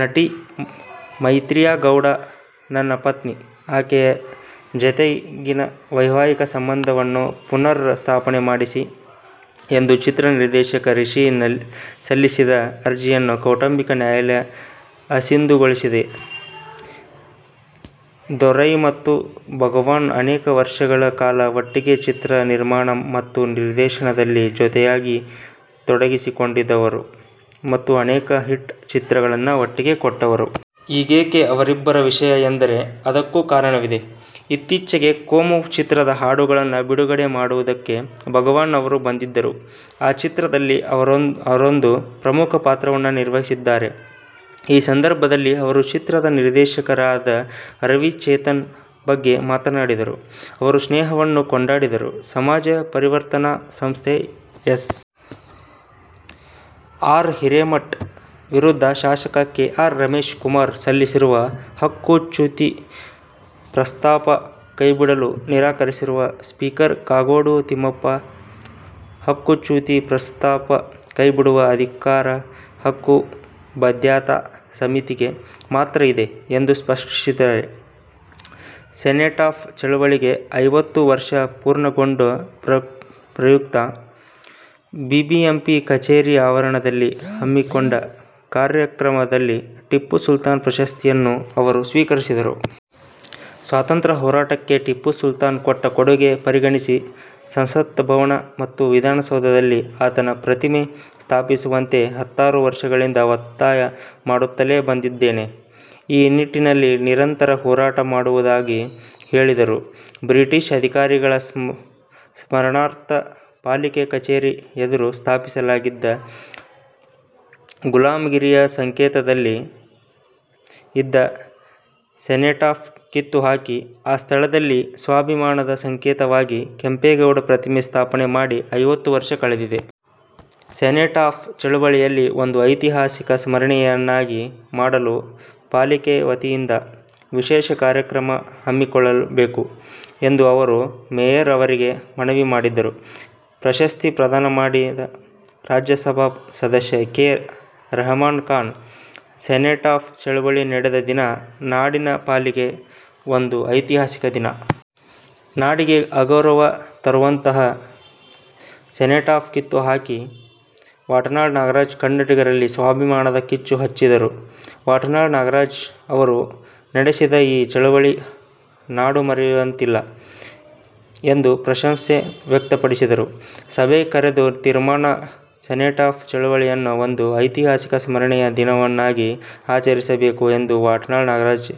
ನಟಿ ಮೈತ್ರಿಯಾ ಗೌಡ ನನ್ನ ಪತ್ನಿ. ಆಕೆಯ ಜತೆಗಿನ ವೈವಾಹಿಕ ಸಂಬಂಧವನ್ನು ಪುನರ್ ಸ್ಥಾಪನೆ ಮಾಡಿಸಿ' ಎಂದು ಚಿತ್ರ ನಿರ್ದೇಶಕ ರಿಷಿ ಸಲ್ಲಿಸಿದ ಅರ್ಜಿಯನ್ನು ಕೌಟುಂಬಿಕ ನ್ಯಾಯಾಲಯ ಅಸಿಂಧುಗೊಳಿಸಿದೆ. ದೊರೈ ಮತ್ತು ಭಗವಾನ್ ಅನೇಕ ವರ್ಷಗಳ ಕಾಲ ಒಟ್ಟಿಗೆ ಚಿತ್ರ ನಿರ್ಮಾಣ ಮತ್ತು ನಿರ್ದೇಶನದಲ್ಲಿ ಜೊತೆಯಾಗಿ ತೊಡಗಿಸಿಕೊಂಡಿದ್ದವರು ಮತ್ತು ಅನೇಕ ಹಿಟ್ ಚಿತ್ರಗಳನ್ನು ಒಟ್ಟಿಗೆ ಕೊಟ್ಟವರು. ಈಗ್ಯಾಕೆ ಅವರಿಬ್ಬರ ವಿಷಯ ಎಂದರೆ ಅದಕ್ಕೂ ಕಾರಣವಿದೆ. ಇತ್ತೀಚೆಗೆ ಕೋಮ' ಚಿತ್ರದ ಹಾಡುಗಳನ್ನು ಬಿಡುಗಡೆ ಮಾಡುವುದಕ್ಕೆ ಭಗವಾನ್ ಅವರು ಬಂದಿದ್ದರು. ಆ ಚಿತ್ರದಲ್ಲಿ ಅವರೊಂದು ಪ್ರಮುಖ ಪಾತ್ರವನ್ನೂ ನಿರ್ವಹಿಸಿದ್ದಾರೆ. ಈ ಸಂದರ್ಭದಲ್ಲಿ ಅವರು ಚಿತ್ರದ ನಿರ್ದೇಶಕರಾದ ರವಿ-ಚೇತನ್ ಬಗ್ಗೆ ಮಾತಾಡಿದರು. ಅವರ ಸ್ನೇಹವನ್ನು ಕೊಂಡಾಡಿದರು. ಸಮಾಜ ಪರಿವರ್ತನಾ ಸಂಸ್ಥೆಯ ಎಸ್. ಆರ್. ಹಿರೇಮಠ ವಿರುದ್ಧ ಶಾಸಕ ಕೆ. ಆರ್. ರಮೇಶ್ ಕುಮಾರ ಸಲ್ಲಿಸಿರುವ ಹಕ್ಕುಚ್ಯುತಿ ಪ್ರಸ್ತಾಪ ಕೈಬಿಡಲು ನಿರಾಕರಿಸಿರುವ ಸ್ಪೀಕರ್ ಕಾಗೋಡು ತಿಮ್ಮಪ್ಪ, ಹಕ್ಕುಚ್ಯುತಿ ಪ್ರಸ್ತಾಪ ಕೈಬಿಡುವ ಅಧಿಕಾರ ಹಕ್ಕು ಬಾಧ್ಯತಾ ಸಮಿತಿಗೆ ಮಾತ್ರ ಇದೆ ಎಂದು ಸ್ಪಷ್ಟಪಡಿಸಿದ್ದಾರೆ. ಸೆನೆಟಾಫ್ ಚಳವಳಿಗೆ ಐವತ್ತು ವರ್ಷ ಪೂರ್ಣಗೊಂಡ ಪ್ರಯುಕ್ತ ಬಿಬಿಎಂಪಿ ಕಚೇರಿ ಆವರಣದಲ್ಲಿ ಹಮ್ಮಿಕೊಂಡಿದ್ದ ಕಾರ್ಯಕ್ರಮದಲ್ಲಿ ಟಿಪ್ಪು ಸುಲ್ತಾನ್ ಪ್ರಶಸ್ತಿಯನ್ನು ಅವರು ಸ್ವೀಕರಿಸಿದರು. ಸ್ವಾತಂತ್ರ್ಯ ಹೋರಾಟಕ್ಕೆ ಟಿಪ್ಪು ಸುಲ್ತಾನ್ ಕೊಟ್ಟ ಕೊಡುಗೆ ಪರಿಗಣಿಸಿ ಸಂಸತ್ ಭವನ ಮತ್ತು ವಿಧಾನಸೌಧದಲ್ಲಿ ಆತನ ಪ್ರತಿಮೆ ಸ್ಥಾಪಿಸುವಂತೆ ಹತ್ತಾರು ವರ್ಷಗಳಿಂದ ಒತ್ತಾಯ ಮಾಡುತ್ತಲೇ ಬಂದಿದ್ದೇನೆ. ಈ ನಿಟ್ಟಿನಲ್ಲಿ ನಿರಂತರ ಹೋರಾಟ ಮಾಡುವುದಾಗಿ ಹೇಳಿದರು. ಬ್ರಿಟಿಷ್ ಅಧಿಕಾರಿಗಳ ಸ್ಮರಣಾರ್ಥ ಪಾಲಿಕೆ ಕಚೇರಿ ಎದುರು ಸ್ಥಾಪಿಸಲಾಗಿದ್ದ ಗುಲಾಮಗಿರಿಯ ಸಂಕೇತದಂತೆ ಇದ್ದ ಸೆನೆಟಾಫ್ ಕಿತ್ತು ಹಾಕಿ, ಆ ಸ್ಥಳದಲ್ಲಿ ಸ್ವಾಭಿಮಾನದ ಸಂಕೇತವಾಗಿ ಕೇಂಪೇಗೌಡ ಪ್ರತಿಮೆ ಸ್ಥಾಪನೆ ಮಾಡಿ ಐವತ್ತು ವರ್ಷ ಕಳೆದಿದೆ. ಸೆನೆಟಾಫ್ ಚಳವಳಿಯನ್ನು ಒಂದು ಐತಿಹಾಸಿಕ ಸ್ಮರಣೆಯನ್ನಾಗಿ ಮಾಡಲು ಪಾಲಿಕೆ ವತಿಯಿಂದ ವಿಶೇಷ ಕಾರ್ಯಕ್ರಮ ಹಮ್ಮಿಕೊಳ್ಳಬೇಕು ಎಂದು ಅವರು ಮೇಯರ್ ಅವರಿಗೆ ಮನವಿ ಮಾಡಿದರು. ಪ್ರಶಸ್ತಿ ಪ್ರದಾನ ಮಾಡಿದ ರಾಜ್ಯಸಭಾ ಸದಸ್ಯ ಕೆ. ರಹಮಾನ್ ಖಾನ್, ಸೆನೆಟಾಫ್ ಚಳವಳಿ ನಡೆದ ದಿನ ನಾಡಿನ ಪಾಲಿಗೆ ಒಂದು ಐತಿಹಾಸಿಕ ದಿನ. ನಾಡಿಗೆ ಅಗೌರವ ತರುವಂತೆ ಇದ್ದ ಸೆನೆಟಾಫ್ ಕಿತ್ತು ಹಾಕಿ ವಾಟಾಳ್ ನಾಗರಾಜ್ ಕನ್ನಡಿಗರಲ್ಲಿ ಸ್ವಾಭಿಮಾನದ ಕಿಚ್ಚು ಹಚ್ಚಿದರು. ವಾಟಾಳ್ ನಾಗರಾಜ್ ಅವರು ನಡೆಸಿದ ಈ ಚಳವಳಿ ನಾಡು ಮರೆಯುವಂತಿಲ್ಲ ಎಂದು ಪ್ರಶಂಸೆ ವ್ಯಕ್ತಪಡಿಸಿದರು. ಸಭೆ ಕರೆದು ತೀರ್ಮಾನ: ಸೆನೆಟಾಫ್ ಚಳವಳಿಯನ್ನು ಒಂದು ಐತಿಹಾಸಿಕ ಸ್ಮರಣೀಯ ದಿನವನ್ನಾಗಿ ಆಚರಿಸಬೇಕು ಎಂದು ವಾಟಾಳ್ ನಾಗರಾಜ್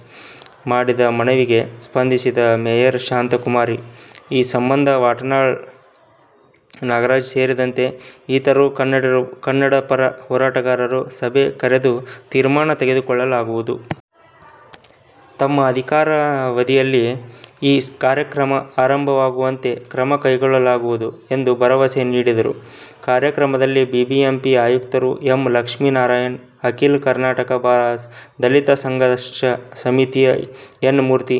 ಮಾಡಿದ ಮನವಿಗೆ ಸ್ಪಂದಿಸಿದ ಮೇಯರ್ ಶಾಂತಾಕುಮಾರಿ, ಈ ಸಂಬಂಧ ವಾಟಾಳ್ ನಾಗರಾಜ್ ಸೇರಿದಂತೆ ಇತರ ಕನ್ನಡಪರ ಹೋರಾಟಗಾರರ ಸಭೆ ಕರೆದು ತೀರ್ಮಾನ ತೆಗೆದುಕೊಳ್ಳಲಾಗುವುದು. ತಮ್ಮ ಅಧಿಕಾರವಧಿಯಲ್ಲೇ ಈ ಕಾರ್ಯಕ್ರಮ ಆರಂಭವಾಗುವಂತೆ ಕ್ರಮ ಕೈಗೊಳ್ಳಲಾಗುವುದು ಎಂದು ಭರವಸೆ ನೀಡಿದರು. ಕಾರ್ಯಕ್ರಮದಲ್ಲಿ ಬಿಬಿಎಂಪಿ ಆಯುಕ್ತ ಎಂ. ಲಕ್ಷ್ಮೀನಾರಾಯಣ, ಅಖೀಲ ಕರ್ನಾಟಕ ದಲಿತ ಸಂಘರ್ಷ ಸಮಿತಿಯ ಎನ್. ಮೂರ್ತಿ,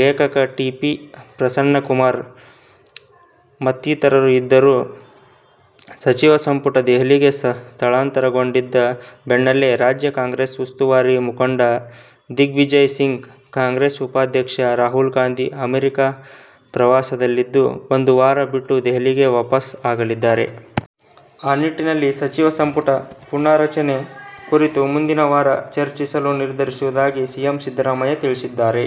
ಲೇಖಕ ಟಿ. ಪಿ. ಪ್ರಸನ್ನಕುಮಾರ್ ಮತ್ತಿತರರು ಇದ್ದರು. ಸಚಿವ ಸಂಪುಟ ದೆಹಲಿಗೆ ಸ್ಥಳಾಂತರಗೊಂಡಿದ್ದ ಬೆನ್ನಲ್ಲೇ ರಾಜ್ಯ ಕಾಂಗ್ರೆಸ್ ಉಸ್ತುವಾರಿ ಮುಖಂಡ ದಿಗ್ವಿಜಯ್ ಸಿಂಗ್, ಕಾಂಗ್ರೆಸ್ ಉಪಾಧ್ಯಕ್ಷ ರಾಹುಲ್ ಗಾಂಧಿ ಅಮೆರಿಕ ಪ್ರವಾಸದಲ್ಲಿದ್ದು ಒಂದು ವಾರ ಬಿಟ್ಟು ದೆಹಲಿಗೆ ವಾಪಸ್ ಆಗಲಿದ್ದಾರೆ. ಆ ನಿಟ್ಟಿನಲ್ಲಿ ಸಚಿವ ಸಂಪುಟ ಪುನಾರಚನೆ ಕುರಿತು ಮುಂದಿನ ವಾರ ಚರ್ಚಿಸಲು ನಿರ್ಧರಿಸಿರುವುದಾಗಿ ಸಿಎಂ ಸಿದ್ದರಾಮಯ್ಯ ತಿಳಿಸಿದ್ದಾರೆ.